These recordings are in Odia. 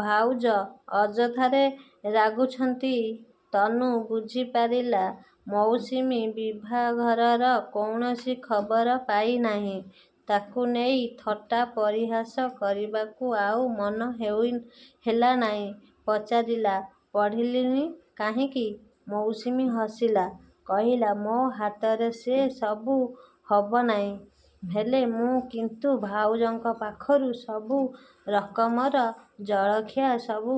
ଭାଉଜ ଅଯଥାରେ ରାଗୁଛନ୍ତି। ତନୁ ବୁଝିପାରିଲା ମୌସୁମୀ ବିଭାଘରର କୌଣସି ଖବର ପାଇନାହିଁ। ତାକୁ ନେଇ ଥଟ୍ଟା ପରିହାସ କରିବାକୁ ଆଉ ମନ ହେଉଇନ୍ ହେଲାନାହିଁ। ପଚାରିଲା ପଢ଼ିଲିନି କାହିଁକି? ମୌସୁମୀ ହସିଲା। କହିଲା ମୋ ହାତରେ ସେ ସବୁ ହବନାହିଁ। ହେଲେ ମୁଁ କିନ୍ତୁ ଭାଉଜଙ୍କ ପାଖରୁ ସବୁ ରକମର ଜଳଖିଆ, ସବୁ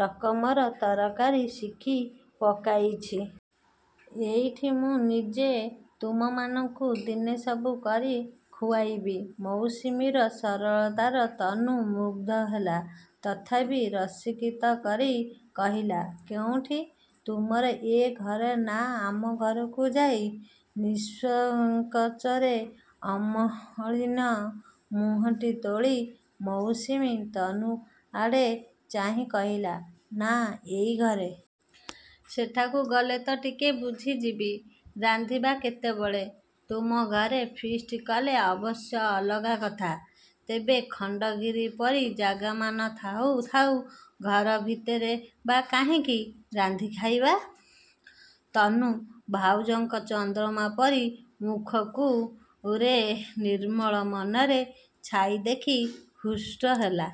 ରକମର ତରକାରୀ ଶିଖି ପକାଇଛି। ଏଇଠି ମୁଁ ନିଜେ ତୁମମାନଙ୍କୁ ଦିନେ ସବୁ କରି ଖୁଆଇବି। ମୌସୁମୀର ସରଳତାର ତନୁ ମୁଗ୍ଧ ହେଲା। ତଥାପି ରସିକିତ କରି କହିଲା କେଉଁଠି, ତୁମର ଏ ଘରେ ନାଁ ଆମ ଘରକୁ ଯାଇ? ନିଃସ୍ୱଙ୍କଚରେ ଅମଳିନ ମୁହଁଟି ତୋଳି ମୌସୁମୀ ତନୁ ଆଡ଼େ ଚାହିଁ କହିଲା ନା, ଏଇ ଘରେ। ସେଠାକୁ ଗଲେ ତ ଟିକେ ବୁଝିଯିବି। ରାନ୍ଧିବି କେତବେଳେ? ତୁମ ଘରେ ଫିଷ୍ଟ୍ କଲେ ଅବଶ୍ୟ ଅଲଗା କଥା। ତେବେ ଖଣ୍ଡଗିରି ପରି ଜାଗାମାନ ଥାଉ ଥାଉ ଘର ଭିତରେ ବା କାହିଁକି ରାନ୍ଧି ଖାଇବା! ତନୁ ଭାଉଜଙ୍କ ଚନ୍ଦ୍ରମା ପରି ମୁଖକୁଉରେ ନିର୍ମଳ ମନରେ ଛାଇ ଦେଖି ହୃଷ୍ଟ ହେଲା।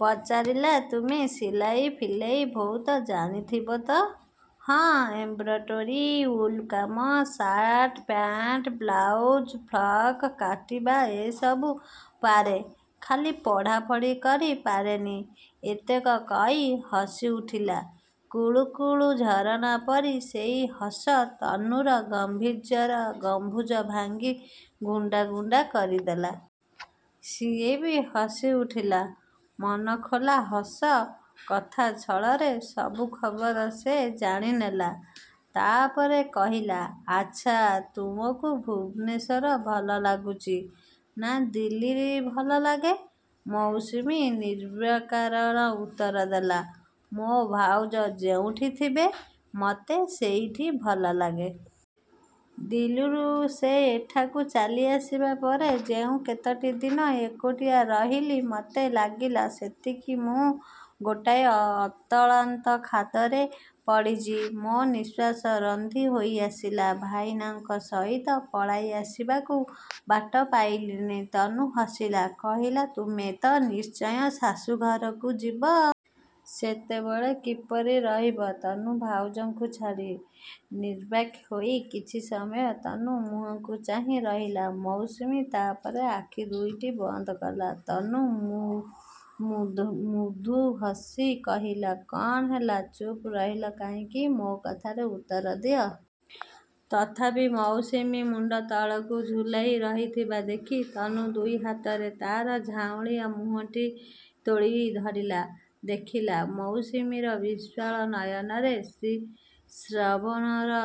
ପଚାରିଲା ତୁମେ ସିଲାଇ ଫିଲେଇ ବହୁତ ଜାଣିଥିବ ତ? ହଁ, ଏମ୍ବ୍ରୋଡୋରୀ, ଉଲ୍‌କାମ, ସାର୍ଟ-ପ୍ୟାଣ୍ଟ, ବ୍ଲାଉଜ୍, ଫ୍ରକ୍ କାଟିବା ଏ ସବୁ ପାରେ। ଖାଲି ପଢ଼ାପଢ଼ି କରି ପାରେନି । ଏତେକ କହି ହସିଉଠିଲା। କୁଳୁକୁଳୁ ଝରଣା ପରି ସେଇ ହସ ତନୁର ଗମ୍ଭୀର୍ଯ୍ୟର ଗମ୍ବୁଜ ଭାଙ୍ଗି ଗୁଣ୍ଡା ଗୁଣ୍ଡା କରିଦେଲା। ସିଏ ବି ହସିଉଠିଲା ମନଖୋଲା ହସ। କଥା ଛଳରେ ସବୁ ଖବର ସେ ଜାଣିନେଲା। ତା’ପରେ କହିଲା ଆଚ୍ଛା, ତୁମକୁ ଭୁବନେଶ୍ୱର ଭଲ ଲାଗୁଛି ନା ଦିଲ୍ଲୀ ଭଲ ଲାଗେ? ମୌସୁମୀ ନିର୍ବିକାର ଉତ୍ତର ଦେଲା ମୋ ଭାଉଜ ଯେଉଁଠି ଥିବେ, ମୋତେ ସେଇଠି ଭଲ ଲାଗେ। ଦିଲ୍ଲୀରୁ ସେ ଏଠାକୁ ଚାଲିଆସିବା ପରେ ଯେଉଁ କେତୋଟି ଦିନ ଏକୁଟିଆ ରହିଲି, ମୋତେ ଲାଗିଲା ସେତିକି ମୁଁ ଗୋଟାଏ ଅତଳାନ୍ତ ଖାଦରେ ପଡ଼ିଚି। ମୋ ନିଃଶ୍ୱାସ ରୁନ୍ଧି ହୋଇଆସିଲା। ଭାଇନାଙ୍କ ସହିତ ପଳାଇ ଆସିବାକୁ ବାଟ ପାଇଲିନି। ତନୁ ହସିଲା। କହିଲା ତୁମେ ତ ନିଶ୍ଚୟ ଶାଶୂଘରକୁ ଯିବ। ସେତେବେଳେ କିପରି ରହିବ ତନୁ ଭାଉଜଙ୍କୁ ଛାଡ଼ି? ନିର୍ବାକ୍ ହୋଇ କିଛି ସମୟ ତନୁ ମୁହଁକୁ ଚାହିଁ ରହିଲା ମୌସୁମୀ। ତା’ ପରେ ଆଖି ଦୁଇଟି ବନ୍ଦ କଲା। ତନୁ ମୁ ମୁରଦୁ ମୁରଦୁ ହସି କହିଲା କ’ଣ ହେଲା, ଚୁପ୍ ରହିଲ କାହିଁକି? ମୋ କଥାର ଉତ୍ତର ଦିଅ। ତଥାପି ମୌସୁମୀ ମୁଣ୍ଡ ତଳକୁ ଝୁଲାଇ ରହିଥିବା ଦେଖି ତନୁ ଦୁଇ ହାତରେ ତା’ର ଝାଉଁଳିଆ ମୁହଁଟି ତୋଳି ଧରିଲା। ଦେଖିଲା ମୌସୁମୀର ବିଶ୍ବାଳ ନୟନରେ ଶ୍ରୀ ଶ୍ରାବଣର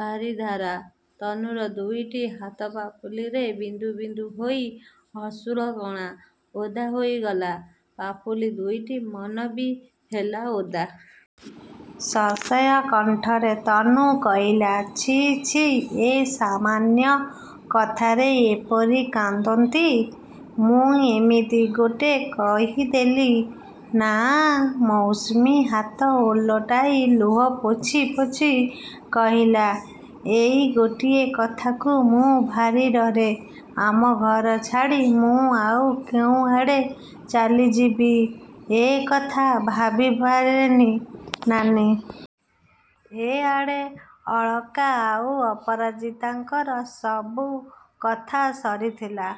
ବାରିଧାରା। ତନୁର ଦୁଇଟି ହାତପାପୁଲିରେ ବିନ୍ଦୁ ବିନ୍ଦୁ ହୋଇ ଅଶ୍ରୁକଣା। ଓଦା ହୋଇଗଲା ପାପୁଲି ଦୁଇଟି। ମନ ବି ହେଲା ଓଦା। ସସେୟା କଣ୍ଠରେ ତନୁ କହିଲା ଛି ଛି, ଏ ସାମାନ୍ୟ କଥାରେ ଏପରି କାନ୍ଦନ୍ତି? ମୁଁ ଏମିତି ଗୋଟେ କହିଦେଲି ନା! ମୌସୁମୀ ହାତ ଓଲଟାଇ ଲୁହ ପୋଛି ପୋଛି କହିଲା ଏଇ ଗୋଟିଏ କଥାକୁ ମୁଁ ଭାରି ଡରେ। ଆମ ଘର ଛାଡ଼ି ମୁଁ ଆଉ କେଉଁଆଡ଼େ ଚାଲିଯିବି, ଏ କଥା ଭାବିପାରେନି ନାନୀ। ଏଆଡ଼େ ଅଳକା ଆଉ ଅପରାଜିତାଙ୍କର ସବୁ କଥା ସରିଥିଲା।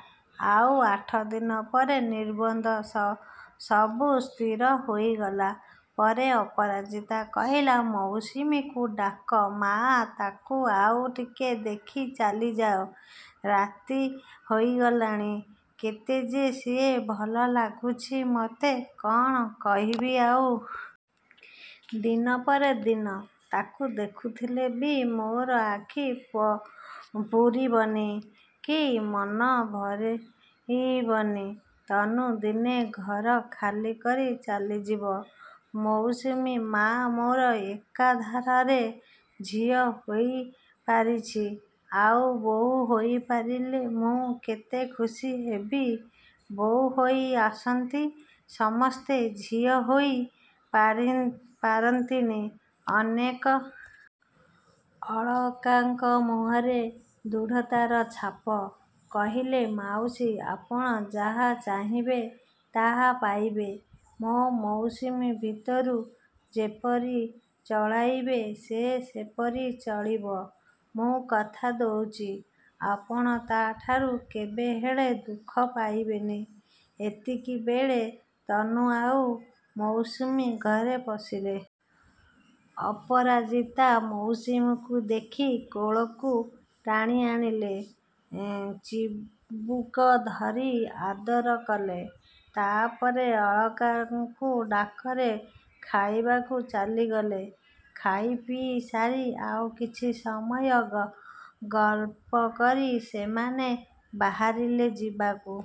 ଆଉ ଆଠ ଦିନ ପରେ ନିର୍ବନ୍ଧ। ସ ସବୁ ସ୍ଥିର ହୋଇଗଲା ପରେ ଅପରାଜିତା କହିଲା ମୌସୁମୀକୁ ଡାକ ମାଆ, ତାକୁ ଆଉ ଟିକେ ଦେଖି ଚାଲିଯାଅ। ରାତି ହୋଇଗଲାଣି। କେତେ ଯେ ସିଏ ଭଲ ଲାଗୁଛି ମୋତେ, କ’ଣ କହିବି ଆଉ! ଦିନ ପରେ ଦିନ ତାକୁ ଦେଖୁଥିଲେ ବି ମୋର ଆଖି ପ ପୁରିବନି କି ମନ ଭରେଇବନି। ତନୁ ଦିନେ ଘର ଖାଲି କରି ଚାଲିଯିବ। ମୌସୁମୀ ମାଆ ମୋର ଏକାଧାରାରେ ଝିଅ ହୋଇପାରିଛି, ଆଉ ବୋହୂ ହୋଇପାରିଲେ ମୁଁ କେତେ ଖୁସି ହେବି! ବୋହୂ ହୋଇ ଆସନ୍ତି ସମସ୍ତେ, ଝିଅ ହୋଇ ପାରି ପାରନ୍ତିନି ଅନେକ। ଅଳକାଙ୍କ ମୁହଁରେ ଦୃଢ଼ତାର ଛାପ। କହିଲେ ମାଉସୀ, ଆପଣ ଯାହା ଚାହିଁବେ ତାହା ପାଇବେ ମୋ ମୌସୁମୀ ଭିତରୁ। ଯେପରି ଚଳାଇବେ ସେ ସେପରି ଚଳିବ। ମୁଁ କଥା ଦଉଚି, ଆପଣ ତା’ଠାରୁ କେବେହେଲେ ଦୁଃଖ ପାଇବେନି। ଏତିକିବେଳେ ତନୁ ଆଉ ମୌସୁମୀ ଘରେ ପଶିଲେ। ଅପରାଜିତା ମୌସୁମୀକୁ ଦେଖି କୋଳକୁ ଟାଣିଆଣିଲେ। ଚିବୁକ ଧରି ଆଦର କଲେ। ତା’ପରେ ଅଳକାଙ୍କୁ ଡାକରେ ଖାଇବାକୁ ଚାଲିଗଲେ। ଖାଇପିଇ ସାରି, ଆଉ କିଛି ସମୟ ଗ ଗଳ୍ପ କରି ସେମାନେ ବାହାରିଲେ ଯିବାକୁ।